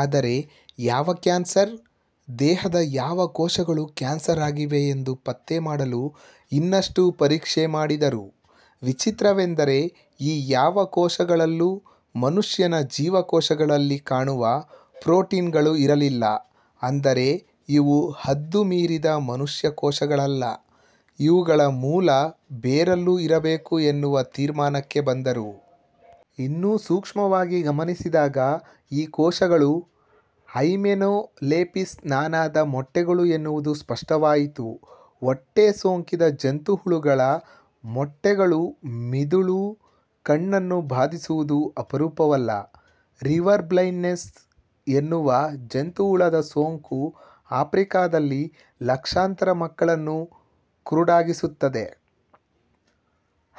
ಆದರೆ ಯಾವ ಕ್ಯಾನ್ಸರ್? ದೇಹದ ಯಾವ ಕೋಶಗಳು ಕ್ಯಾನ್ಸರ್ ಆಗಿವೆ ಎಂದು ಪತ್ತೆ ಮಾಡಲು ಇನ್ನಷ್ಟು ಪರೀಕ್ಷೆ ಮಾಡಿದರು. ವಿಚಿತ್ರವೆಂದರೆ ಈ ಯಾವ ಕೋಶಗಳಲ್ಲೂ ಮನುಷ್ಯನ ಜೀವಕೋಶಗಳಲ್ಲಿ ಕಾಣುವ ಪ್ರೊಟೀನುಗಳು ಇರಲಿಲ್ಲ. ಅಂದರೆ ಇವು ಹದ್ದು ಮೀರಿದ ಮನುಷ್ಯ ಕೋಶಗಳಲ್ಲ. ಇವುಗಳ ಮೂಲ ಬೇರೆಲ್ಲೋ ಇರಬೇಕು ಎನ್ನುವ ತೀರ್ಮಾನಕ್ಕೆ ಬಂದರು. ಇನ್ನೂ ಸೂಕ್ಷ್ಮವಾಗಿ ಗಮನಿಸಿದಾಗ ಈ ಕೋಶಗಳು ಹೈಮೆನೋಲೆಪಿಸ್ ನಾನಾ ದ ಮೊಟ್ಟೆಗಳು ಎನ್ನುವುದು ಸ್ಪಷ್ಟವಾಯಿತು. ಹೊಟ್ಟೆ ಸೋಂಕಿದ ಜಂತುಹುಳುಗಳ ಮೊಟ್ಟೆಗಳು ಮಿದುಳು, ಕಣ್ಣನ್ನು ಬಾಧಿಸುವುದು ಅಪರೂಪವಲ್ಲ. ರಿವರ್ ಬ್ಲೈಂಡ್ ನೆಸ್ ಎನ್ನುವ ಜಂತುಹುಳದ ಸೋಂಕು ಆಫ್ರಿಕಾದಲ್ಲಿ ಲಕ್ಷಾಂತರ ಮಕ್ಕಳನ್ನು ಕುರುಡಾಗಿಸುತ್ತದೆ.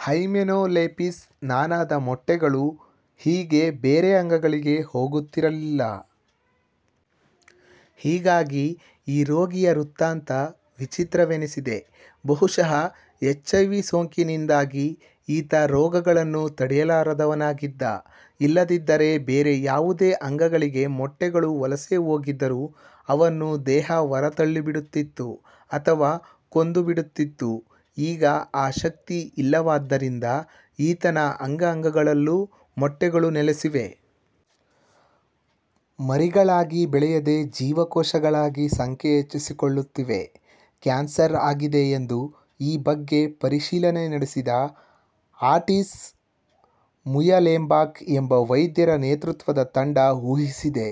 ಹೈಮೆನೋಲೆಪಿಸ್ ನಾನಾ ದ ಮೊಟ್ಟೆಗಳು ಹೀಗೆ ಬೇರೆ ಅಂಗಗಳಿಗೆ ಹೋಗುತ್ತಿರಲಿಲ್ಲ. ಹೀಗಾಗಿ ಈ ರೋಗಿಯ ವೃತ್ತಾಂತ ವಿಚಿತ್ರವೆನ್ನಿಸಿದೆ. ಬಹುಶಃ ಎಚ್ ಐ ವಿ ಸೋಂಕಿನಿಂದಾಗಿ ಈತ ರೋಗಗಳನ್ನು ತಡೆಯಲಾರದವನಾಗಿದ್ದ. ಇಲ್ಲದಿದ್ದರೆ ಬೇರೆ ಯಾವುದೇ ಅಂಗಗಳಿಗೆ ಮೊಟ್ಟೆಗಳು ವಲಸೆ ಹೋಗಿದ್ದರೂ ಅವನ್ನು ದೇಹ ಹೊರ ತಳ್ಳಿಬಿಡುತ್ತಿತ್ತು. ಅಥವಾ ಕೊಂದು ಬಿಡುತ್ತಿತ್ತು. 'ಈಗ ಆ ಶಕ್ತಿ ಇಲ್ಲವಾದ್ದರಿಂದ ಈತನ ಅಂಗ ಅಂಗಗಳಲ್ಲೂ ಮೊಟ್ಟೆಗಳು ನೆಲೆಸಿವೆ. ಮರಿಗಳಾಗಿ ಬೆಳೆಯದೆ ಜೀವಕೋಶಗಳಾಗಿ ಸಂಖ್ಯೆ ಹೆಚ್ಚಿಸಿಕೊಳ್ಳುತ್ತಿವೆ. ಕ್ಯಾನ್ಸರ್ ಆಗಿದೆ' ಎಂದು ಈ ಬಗ್ಗೆ ಪರಿಶೀಲನೆ ನಡೆಸಿದ ಅಟೀಸ್ ಮುಯಲೆಂಬಾಕ್ ಎಂಬ ವೈದ್ಯರ ನೇತೃತ್ವದ ತಂಡ ಊಹಿಸಿದೆ.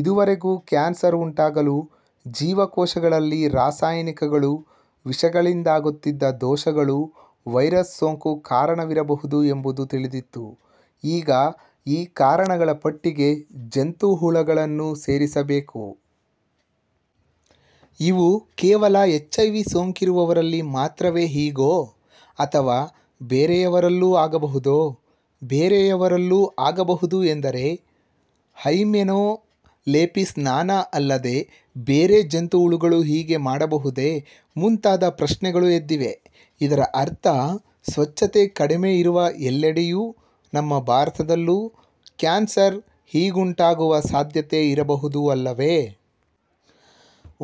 ಇದುವರೆವಿಗೂ ಕ್ಯಾನ್ಸರ್ ಉಂಟಾಗಲು ಜೀವಕೋಶಗಳಲ್ಲಿ ರಾಸಾಯನಿಕಗಳು, ವಿಷಗಳಿಂದಾಗುತ್ತಿದ್ದ ದೋಷಗಳು, ವೈರಸ್ ಸೋಂಕು ಕಾರಣವಿರಬಹುದು ಎಂಬುದು ತಿಳಿದಿತ್ತು. ಈಗ ಈ ಕಾರಣಗಳ ಪಟ್ಟಿಗೆ ಜಂತುಹುಳುಗಳನ್ನೂ ಸೇರಿಸಬೇಕು. ಇವು ಕೇವಲ ಎಚ್ ಐ ವಿ. ಸೋಂಕಿರುವವರಲ್ಲಿ ಮಾತ್ರವೇ ಹೀಗೋ? ಅಥವಾ ಬೇರೆಯವರಲ್ಲೂ ಆಗಬಹುದೋ. ಬೇರೆಯವರಲ್ಲೂ ಆಗಬಹುದು ಎಂದರೆ ಹೈಮೆನೊಲೆಪಿಸ್ ನಾನಾ ಅಲ್ಲದೆ ಬೇರೆ ಜಂತುಹುಳುಗಳೂ ಹೀಗೆ ಮಾಡಬಹುದೇ? ಮುಂತಾದ ಪ್ರಶ್ನೆಗಳು ಎದ್ದಿವೆ. ಇದರ ಅರ್ಥ ಸ್ವಚ್ಛತೆ ಕಡಿಮೆ ಇರುವ ಎಲ್ಲೆಡೆಯೂ, ನಮ್ಮ ಭಾರತದಲ್ಲೂ, ಕ್ಯಾನ್ಸರ್ ಹೀಗುಂಟಾಗುವ ಸಾಧ್ಯತೆ ಇರಬಹುದು ಅಲ್ಲವೇ?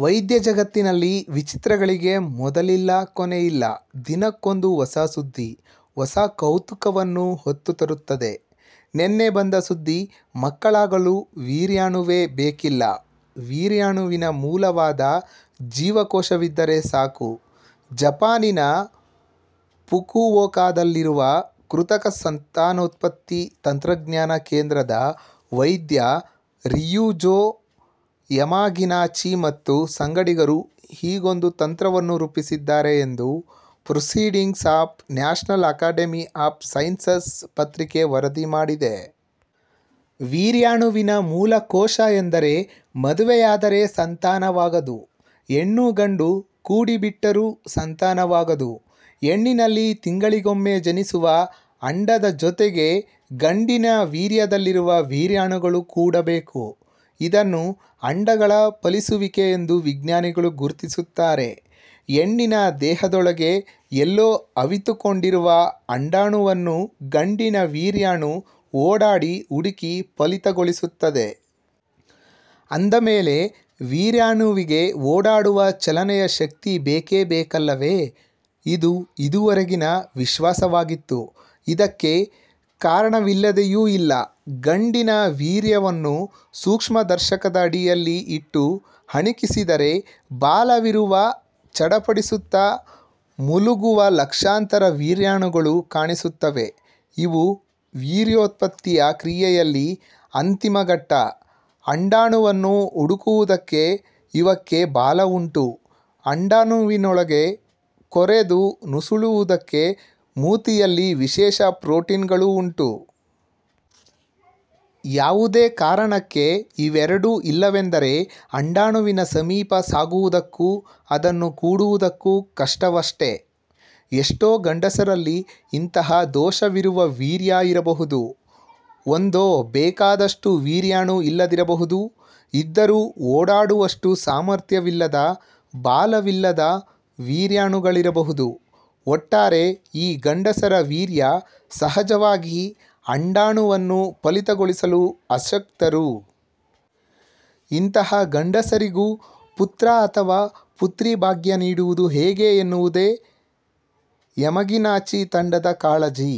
ವೈದ್ಯ ಜಗತ್ತಿನಲ್ಲಿ ವಿಚಿತ್ರಗಳಿಗೆ ಮೊದಲಿಲ್ಲ, ಕೊನೆಯಿಲ್ಲ. ದಿನಕ್ಕೊಂದು ಹೊಸ ಸುದ್ದಿ. ಹೊಸ ಕೌತುಕವನ್ನು ಹೊತ್ತು ತರುತ್ತದೆ. ನಿನ್ನೆ ಬಂದ ಸುದ್ದಿ. ಮಕ್ಕಳಾಗಲು ವೀರ್ಯಾಣುವೇ ಬೇಕಿಲ್ಲ. ವೀರ್ಯಾಣುವಿನ ಮೂಲವಾದ ಜೀವಕೋಶವಿದ್ದರೆ ಸಾಕು. ಜಪಾನಿನ ಫುಕುವೋಕಾದಲ್ಲಿರುವ ಕೃತಕ ಸಂತಾನೋತ್ಪತ್ತಿ ತಂತ್ರಜ್ಞಾನ ಕೇಂದ್ರದ ವೈದ್ಯ ರಿಯುಜೊ ಯಮಗಿನಾಚಿ ಮತ್ತು ಸಂಗಡಿಗರು ಹೀಗೊಂದು ತಂತ್ರವನ್ನು ರೂಪಿಸಿದ್ದಾರೆ ಎಂದು Proceedings of National Academy of Sciences ಪತ್ರಿಕೆ ವರದಿ ಮಾಡಿದೆ. ವೀರ್ಯಾಣುವಿನ ಮೂಲಕೋಶ ಎಂದರೆ? ಮದುವೆಯಾದರೆ ಸಂತಾನವಾಗದು. ಹೆಣ್ಣು, ಗಂಡು ಕೂಡಿಬಿಟ್ಟರೂ ಸಂತಾನವಾಗದು. ಹೆಣ್ಣಿನಲ್ಲಿ ತಿಂಗಳಿಗೊಮ್ಮೆ ಜನಿಸುವ ಅಂಡದ ಜೊತೆಗೆ ಗಂಡಿನ ವೀರ್ಯದಲ್ಲಿರುವ ವೀರ್ಯಾಣುಗಳು ಕೂಡಬೇಕು. ಇದನ್ನು ಅಂಡಗಳ ಫಲಿಸುವಿಕೆ ಎಂದು ವಿಜ್ಞಾನಿಗಳು ಗುರುತಿಸುತ್ತಾರೆ. ಹೆಣ್ಣಿನ ದೇಹದೊಳಗೆ ಎಲ್ಲೋ ಅವಿತುಕೊಂಡಿರುವ ಅಂಡಾಣುವನ್ನು ಗಂಡಿನ ವೀರ್ಯಾಣು ಓಡಾಡಿ ಹುಡುಕಿ ಫಲಿತಗೊಳಿಸುತ್ತದೆ. ಅಂದ ಮೇಲೆ ವೀರ್ಯಾಣುವಿಗೆ ಓಡಾಡುವ, ಚಲನೆಯ ಶಕ್ತಿ ಬೇಕೇ ಬೇಕಲ್ಲವೇ? ಇದು ಇದುವರೆಗಿನ ವಿಶ್ವಾಸವಾಗಿತ್ತು. ಇದಕ್ಕೆ ಕಾರಣವಿಲ್ಲದೆಯೂ ಇಲ್ಲ. ಗಂಡಿನ ವೀರ್ಯವನ್ನು ಸೂಕ್ಷ್ಮದರ್ಶಕದಡಿಯಲ್ಲಿ ಇಟ್ಟು ಹಣಿಕಿದರೆ ಬಾಲವಿರುವ, ಚಡಪಡಿಸುತ್ತ ಮುಲುಗುವ ಲಕ್ಷಾಂತರ ವೀರ್ಯಾಣುಗಳು ಕಾಣಿಸುತ್ತವೆ. ಇವು ವೀರ್ಯೋತ್ಪತ್ತಿಯ ಕ್ರಿಯೆಯಲ್ಲಿ ಅಂತಿಮ ಘಟ್ಟ. ಅಂಡಾಣುವನ್ನು ಹುಡುಕುವುದಕ್ಕೆ ಇವಕ್ಕೆ ಬಾಲವುಂಟು, ಅಂಡಾಣುವಿನೊಳಗೆ ಕೊರೆದು ನುಸುಳುವುದಕ್ಕೆ ಮೂತಿಯಲ್ಲಿ ವಿಶೇಷ ಪ್ರೊಟೀನುಗಳೂ ಉಂಟು. ಯಾವುದೇ ಕಾರಣಕ್ಕೆ ಇವೆರಡೂ ಇಲ್ಲವೆಂದರೆ ಅಂಡಾಣುವಿನ ಸಮೀಪ ಸಾಗುವುದಕ್ಕೂ, ಅದನ್ನು ಕೂಡುವುದಕ್ಕೂ ಕಷ್ಟವಷ್ಟೆ! ಎಷ್ಟೋ ಗಂಡಸರಲ್ಲಿ ಇಂತಹ ದೋಷವಿರುವ ವೀರ್ಯ ಇರಬಹುದು. ಒಂದೋ ಬೇಕಾದಷ್ಟು ವೀರ್ಯಾಣು ಇಲ್ಲದಿರಬಹುದು. ಇದ್ದರೂ ಓಡಾಡುವಷ್ಟು ಸಾಮರ್ಥ್ಯವಿಲ್ಲದ, ಬಾಲವಿಲ್ಲದ ವೀರ್ಯಾಣುಗಳಿರಬಹುದು. ಒಟ್ಟಾರೆ ಈ ಗಂಡಸರ ವೀರ್ಯ ಸಹಜವಾಗಿ ಅಂಡಾಣುವನ್ನು ಫಲಿತಗೊಳಿಸಲು ಅಶಕ್ತರು. ಇಂತಹ ಗಂಡಸರಿಗೂ ಪುತ್ರ ಅಥವಾ ಪುತ್ರಿಭಾಗ್ಯ ನೀಡುವುದು ಹೇಗೆ ಎನ್ನುವುದೇ ಯಮಗಿನಾಚಿ ತಂಡದ ಕಾಳಜಿ.